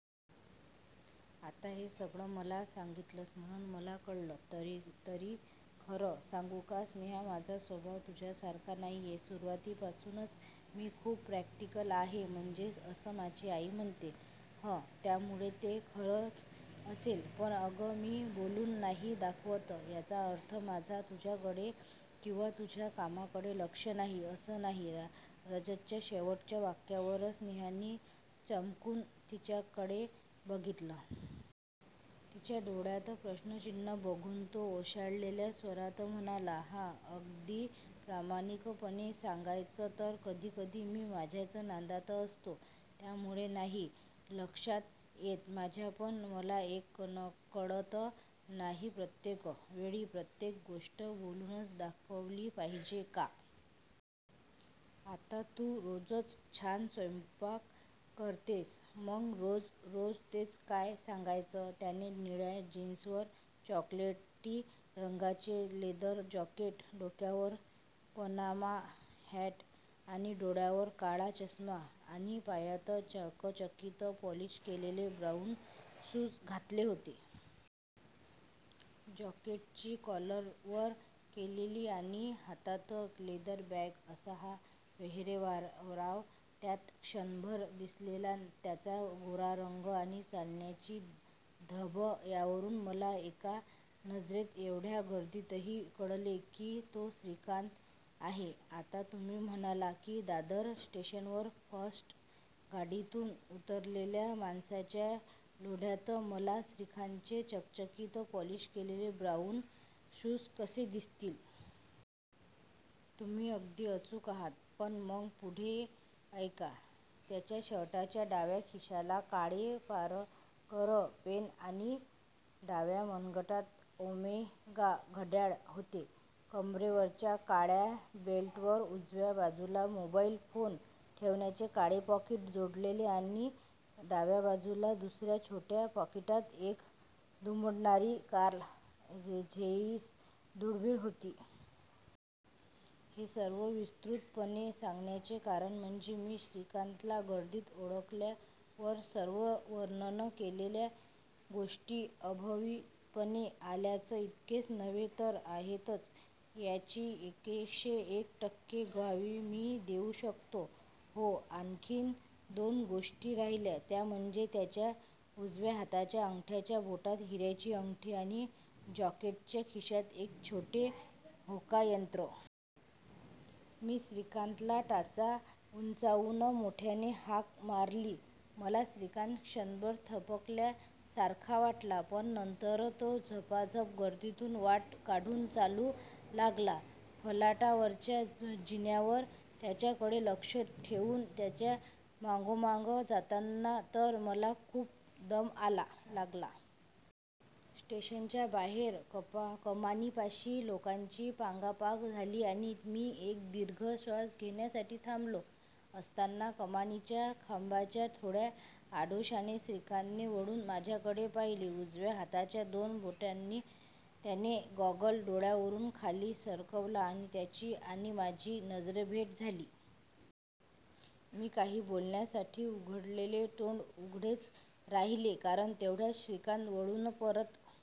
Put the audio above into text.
आत्ता हे सगळं मला सांगितलंस म्हणून मला कळलं तरीखरं सांगू का स्नेहा, माझा स्वभाव तुझ्यासारखा नाहीये. सुरुवातीपासूनच मी खूप प्रॅक्टिकल आहेम्हणजे असं माझी आई म्हणते हं! त्यामुळे ते खरंच असेल. पण अगं, मी बोलून नाही दाखवत याचा अर्थ माझं तुझ्याकडे किंवा तुझ्या कामांकडे लक्ष नसतं असं नाहीये" रजतच्या शेवटच्या वाक्यावर स्नेहानी चमकून त्याच्याकडे बघितलं. तिच्या डोळ्यातलं प्रश्नचिन्ह बघून तो ओशाळलेल्या स्वरात म्हणाला," हां, अगदी प्रामाणिकपणे सांगायचं तर कधीकधी मी माझ्याच नादात असतो त्यामुळे नाही लक्षात येत माझ्यापण मला एक कळत नाहीप्रत्येक वेळी प्रत्येक गोष्ट बोलूनच दाखवली पाहिजे का? आता तू रोजच छान स्वैपाक करतेस; मग रोज रोज तेच काय सांगायचं! त्याने निळ्या जीन्सवर चॉकलेटी रंगाचे लेदर जँकेट, डोक्यावर पनामा हँट आणि डोळ्यावर काळा चष्मा आणि पायात चकचकीत पॉलिश केलेले ब्राऊन शूज घातले होते. जँकेटची कॉलर वर केलेली आणि हातात लेदर बँग असा हा पेहेराव, त्यात क्षणभर दिसलेला त्याचा गोरा रंग आणि चालण्याची ढब यावरून मला एका नजरेत एवढ्या गर्दीतही कळले की तो श्रीकांत आहे. आता तुम्ही म्हणाल की दादर स्टेशनवर फास्ट गाडीतून उतरलेल्या माणसांच्या लोंढ्यात मला श्रीकांतचे चकचकीत पॉलिश केलेले ब्राऊन शूज कसे दिसतील? तुम्ही अगदी अचूक आहात पण मग पुढे ऐका! त्याच्या शर्टाच्या डाव्या खिशाला काळे पारकर पेन आणि डाव्या मनगटात ओमेगा घड्याळ होते. कमरेवरच्या काळ्या बेल्टवर उजव्या बाजूला मोबाईल फोन ठेवण्याचे काळे पाकीट जोडलेले आणि डाव्या बाजूला दुसऱ्या छोट्या पाकिटात एक दुमडणारी कार्ल झेईस दुर्बिण होती. हे सर्व विस्तृतपणे सांगण्याचे कारण म्हणजे मी श्रीकांतला गर्दीत ओळखल्यावर सर्व वर्णन केलेल्या गोष्टी अभावितपणे आल्याच. इतकेच नव्हे तर आहेतच याची एकशे एक टक्के ग्वाही मी देऊ शकतो. हो, आणखी दोन गोष्टी राहिल्या त्या म्हणजे त्याच्या उजव्या हाताच्या अंगठीच्या बोटात हिऱ्याची अंगठी आणि जँकेटच्या खिशात एक छोटे होकायंत्र! मी श्रीकांतला टाचा उंचावून मोठ्याने हाक मारली. मला श्रीकांत क्षणभर थबकल्या सारखा वाटला पण नंतर तो झपाझप गर्दीतून वाट काढत चालू लागला. फलाटावरच्या जिन्यावर त्याच्याकडे लक्ष ठेऊन त्याच्या मागोमाग जाताना तर मला खूप दम लागला. स्टेशनच्या बाहेर कमानीपाशी लोकांची पांगापांग झाली आणि मी एक दीर्घ श्वास घेण्यासाठी थांबलो असताना कमानीच्या खांबाच्या थोड्या आडोशाने श्रीकांतने वळून माझ्याकडे पहिले. उजव्या हाताच्या दोन बोटांनी त्याने गॉगल डोळ्यावरून खाली सरकवला आणि त्याची आणि माझी नजरभेट झाली. मी काही बोलण्यासाठी उघडलेले तोंड उघडेच राहिले कारण तेवढ्यात श्रीकांत वळून परत